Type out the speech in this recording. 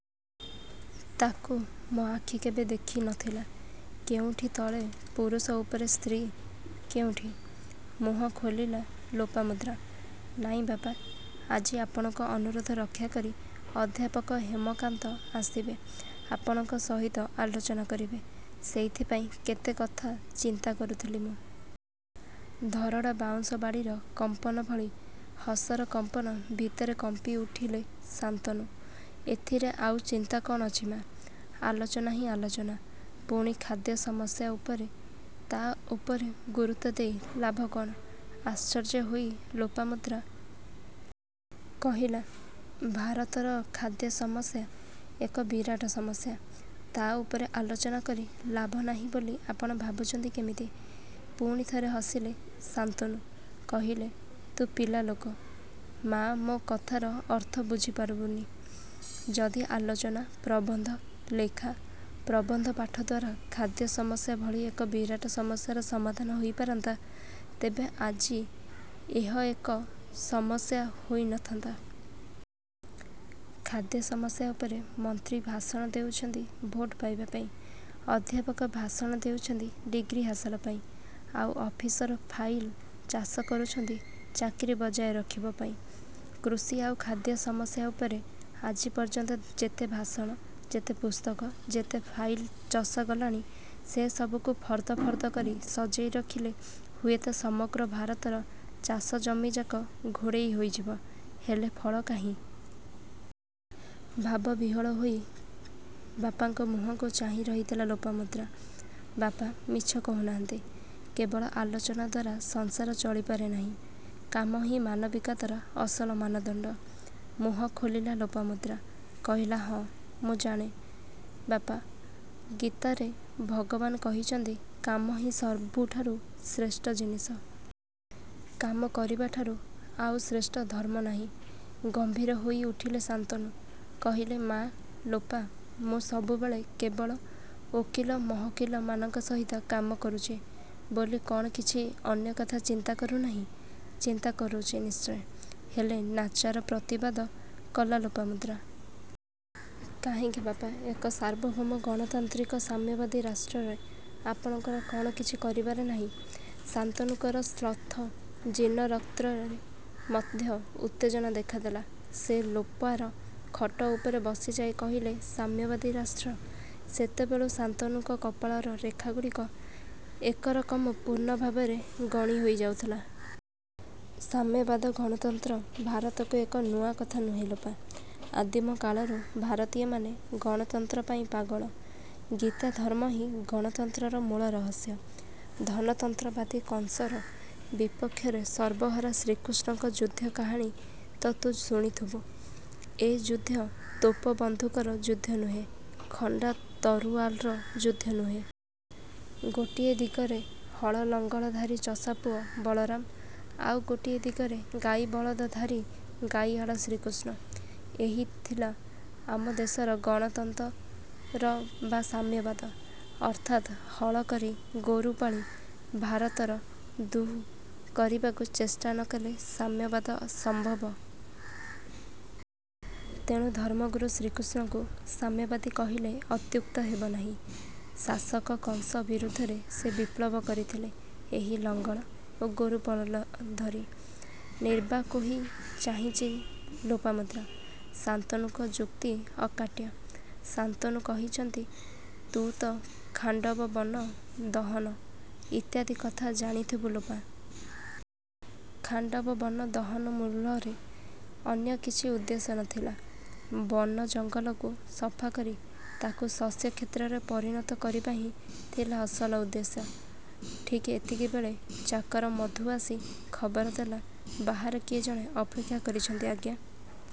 ତାକୁ ମୋ ଆଖି କେବେ ଦେଖି ନ ଥିଲା। କେଉଁଠି ତଳେ ପୁରୁଷ ଉପରେ ସ୍ତ୍ରୀ, କେଉଁଠି। ମୁହଁ ଖୋଲିଲା ଲୋପାମୁଦ୍ରା। ''ନାଇଁ ବାପା, ଆଜି ଆପଣଙ୍କ ଅନୁରୋଧ ରକ୍ଷାକରି ଅଧ୍ୟାପକ ହେମକାନ୍ତ ଆସିବେ। ଆପଣଙ୍କ ସହିତ ଆଲୋଚନା କରିବେ। ସେଇଥିପାଇଁ କେତେ କଥା ଚିନ୍ତା କରୁଥିଲି ମୁଁ। ଧରଡ଼ା ବାଉଁଶ ବାଡ଼ିର କମ୍ପନ ଭଳି ହସର କମ୍ପନ ଭିତରେ କମ୍ପିଉଠିଲେ ଶାନ୍ତନୁ ଏଥିରେ ଆଉ ଚିନ୍ତା କ'ଣ ଅଛି ମା। ଆଲୋଚନା ହିଁ ଆଲୋଚନା। ପୁଣି ଖାଦ୍ୟ ସମସ୍ୟା ଉପରେ। ତା' ଉପରେ ଗୁରୁତ୍ୱ ଦେଇ ଲାଭ କ'ଣ। ଆଶ୍ଚର୍ଯ୍ୟ ହୋଇ ଲୋପାମୁଦ୍ରା। କହିଲା ''ଭାରତର ଖାଦ୍ୟ ସମସ୍ୟା ଏକ ବିରାଟ ସମସ୍ୟା। ତା ଉପରେ ଆଲୋଚନା କରି ଲାଭ ନାହିଁ ବୋଲି ଆପଣ ଭାବୁଛନ୍ତି କେମିତି? '' ପୁଣି ଥରେ ହସିଲେ ଶାନ୍ତନୁ କହିଲେ ''ତୁ ପିଲାଲୋକ ମାଆ ମୋ କଥାର ଅର୍ଥ ବୁଝି ପାରିବୁନି। ଯଦି ଆଲୋଚନା, ପ୍ରବନ୍ଧ, ଲେଖା ପ୍ରବନ୍ଧ ପାଠ ଦ୍ୱାରା ଖାଦ୍ୟ ସମସ୍ୟା ଭଳି ଏକ ବିରାଟ ସସମ୍ୟାର ସମାଧାନ ହୋଇ ପାରନ୍ତା, ତେବେ ଆଜି ଏହ ଏକ ସମସ୍ୟା ହୋଇ ନ ଥାନ୍ତା। ଖାଦ୍ୟ ସମସ୍ୟା ଉପରେ ମନ୍ତ୍ରୀ ଭାଷଣ ଦେଉଛନ୍ତି ଭୋଟ ପାଇବା ପାଇଁ। ଅଧ୍ୟାପକ ଭାଷଣ ଦେଉଛନ୍ତି ଡିଗ୍ରୀ ହାସଲ ପାଇଁ। ଆଉ ଅଫିସର ଫାଇଲ ଚାଷ କରୁଛନ୍ତି ଚାକିରୀ ବଜାୟ ରଖିବ ପାଇଁ। କୃଷି ଆଉ ଖାଦ୍ୟ ସମସ୍ୟା ଉପରେ ଆଜି ପର୍ଯ୍ୟନ୍ତ ଯେତେ ଭାଷଣ, ଯେତେ ପୁସ୍ତକ, ଯେତେ ଫାଇଲ ଚଷାଗଲାଣି ସେ ସବୁକୁ ଫର୍ଦ ଫର୍ଦ କରି ସଜେଇ ରଖିଲେ ହୁଏତ ସମଗ୍ର ଭାରତର ଚାଷ ଜମି ଯାକ ଘୋଡ଼ାଇ ହୋଇଯିବ, ହେଲେ ଫଳ କାହିଁ? '' ଭାବ ବିହ୍ୱଳ ହୋଇ ବାପାଙ୍କ ମୁହଁକୁ ଚାହିଁ ରହିଥିଲା ଲୋପାମୁଦ୍ରା। ବାପା ମିଛ କହୁ ନାହାନ୍ତି। କେବଳ ଆଲୋଚନା ଦ୍ୱାରା ସଂସାର ଚଳିପାରେ ନାହିଁ। କାମ ହିଁ ମାନବିକତାର ଅସଲ ମାନଦଣ୍ଡ। ମୁହଁ ଖୋଲିଲା ଲୋପାମୁଦ୍ରା, କହିଲା ହଁ, ମୁଁ ଜାଣେ ବାପା, ଗୀତାରେ ଭଗବାନ କହିଛନ୍ତି କାମ ହିଁ ସବୁଠାରୁ ଶ୍ରେଷ୍ଠ ଜିନିଷ। କାମ କରିବା ଠାରୁ ଆଉ ଶ୍ରେଷ୍ଠ ଧର୍ମ ନାହିଁ। ଗମ୍ଭୀର ହୋଇ ଉଠିଲେ ଶାନ୍ତନୁ, କହିଲେ ମାଆ ଲୋପା ମୁଁ ସବୁବେଳେ କେବଳ ଓକିଲ ମହୋକିଲ ମାନଙ୍କ ସହିତ କାମ କରୁଛି ବୋଲି କ'ଣ କିଛି ଅନ୍ୟ କଥା ଚିନ୍ତା କରୁନାହିଁ? ଚିନ୍ତା କରୁଛି ନିଶ୍ଚୟ, ହେଲେ ନାଚାର ପ୍ରତିବାଦ କଲା ଲୋପାମୁଦ୍ରା। ''କାହିଁକି ବାପା ଏକ ସାର୍ବଭୌମ ଗଣତାନ୍ତ୍ରିକ ସାମ୍ୟବାଦୀ ରାଷ୍ଟ୍ରରେ ଆପଣଙ୍କର କ'ଣ କିଛି କରିବାର ନାହିଁ? '' ଶାନ୍ତନୁଙ୍କର ଶ୍ଳଥ ଜୀର୍ଣ୍ଣ ରକ୍ତରେ ମଧ୍ୟ ଉତ୍ତେଜନା ଦେଖା ଦେଲା। ସେ ଲୋପାର ଖଟ ଉପରେ ବସିଯାଇ କହିଲେ ''ସାମ୍ୟବାଦୀ ରାଷ୍ଟ? '' ସେତେବେଳକୁ ଶାନ୍ତନୁଙ୍କ କପାଳର ରେଖାଗୁଡ଼ିକ ଏକରକମ ପୂର୍ଣ୍ଣ ଭାବରେ ଗଣି ହୋଈ ଯାଉଥିଲା। ସାମ୍ୟବାଦ ଗଣତନ୍ତ୍ର ଭାରତକୁ ଏକ ନୂଆ କଥା ନୂହେଁ ଲୋପା। ଆଦିମ କାଳରୁ ଭାରତୀୟମାନେ ଗଣତନ୍ତ୍ର ପାଇଁ ପାଗଳ। ଗୀତା ଧର୍ମ ହିଁ ଗଣତନ୍ତ୍ରର ମୂଳ ରହସ୍ୟ। ଧନତନ୍ତ୍ରବାଦୀ କଂସର ବିପକ୍ଷରେ ସର୍ବହରା ଶ୍ରୀକୃଷ୍ଣଙ୍କ ଯୁଦ୍ଧ କାହାଣୀ ତ' ତୁ ଶୁଣିଥବୁ। ଏ ଯୁଦ୍ଧ ତୋପ ବନ୍ଧୁକର ଯୁଦ୍ଧ ନୁହେଁ, ଖଣ୍ଡା ତରୁଆଲର ଯୁଦ୍ଧ ନୁହେଁ। ଗୋଟିଏ ଦିଗରେ ହଳ ଲଙ୍ଗଳ ଧାରୀ ଚଷାପୁଅ ବଳରାମ, ଆଉ ଗୋଟାଏ ଦିଗରେ ଗାଇ ବଳଦ ଧାରୀ ଗାଇଆଳ ଶ୍ରୀକୃଷ୍ଣ। ଏଇ ଥିଲା ଆମ ଦେଶର ଗଣତନ୍ତର ବା ସାମ୍ୟବାଦ, ଅର୍ଥାତ୍ ହଳ କରି ଗୋରୁ ପାଳି ଭାରତର ଦୁଃ କରିବାକୁ ଚେଷ୍ଟା ନ କଲେ ସାମ୍ୟବାଦ ଅସମମ୍ଭବ। ତେଣୁ ଧର୍ମଗୁରୁ ଶ୍ରୀକୃଷ୍ଣଙ୍କୁ ସାମ୍ୟବାଦୀ କହିଲେ ଅତ୍ୟୁକ୍ତ ହେବନାହିଁ। ଶାସକ କଂସ ବିରୁଦ୍ଧରେ ସେ ବିପ୍ଳବ କରିଥିଲେ ଏହି ଲଙ୍ଗଳ ଓ ଗୋରୁପଲ ଧରି। ନିର୍ବାକ୍ହୋଇ ଚାହିଁଛି ଲୋପାମୁଦ୍ରା। ଶାନ୍ତନୁଙ୍କ ଯୁକ୍ତି ଅକାଟ୍ୟ। ଶାନ୍ତନୁ କହୁଛନ୍ତି ତୁ ତ' ଖାଣ୍ଡବ ବନ ଦହନ ଇତ୍ୟାଦି କଥା ଜାଣି ଥିବୁ ଲୋପା? ଖାଣ୍ଡବ ବନ ଦହନ ମୂଳରେ ଅନ୍ୟ କିଛି ଉଦ୍ଦେଶ୍ୟ ନ ଥିଲା। ବନ ଜଙ୍ଗଲକୁ ସଫା କରି ତାକୁ ଶସ୍ୟ କ୍ଷେତ୍ରରେ ପରିଣତ କରିବା ହିଁ ଥିଲା ଅସଲ ଉଦ୍ଦେଶ୍ୟ। ଠିକ୍ଏତିକିବେଳେ ଚାକର ମଧୁ ଆସି ଖବର ଦେଲା ବାହାରେ କିଏ ଜଣେ ଅପେକ୍ଷା କରିଛନ୍ତି ଆଜ୍ଞା।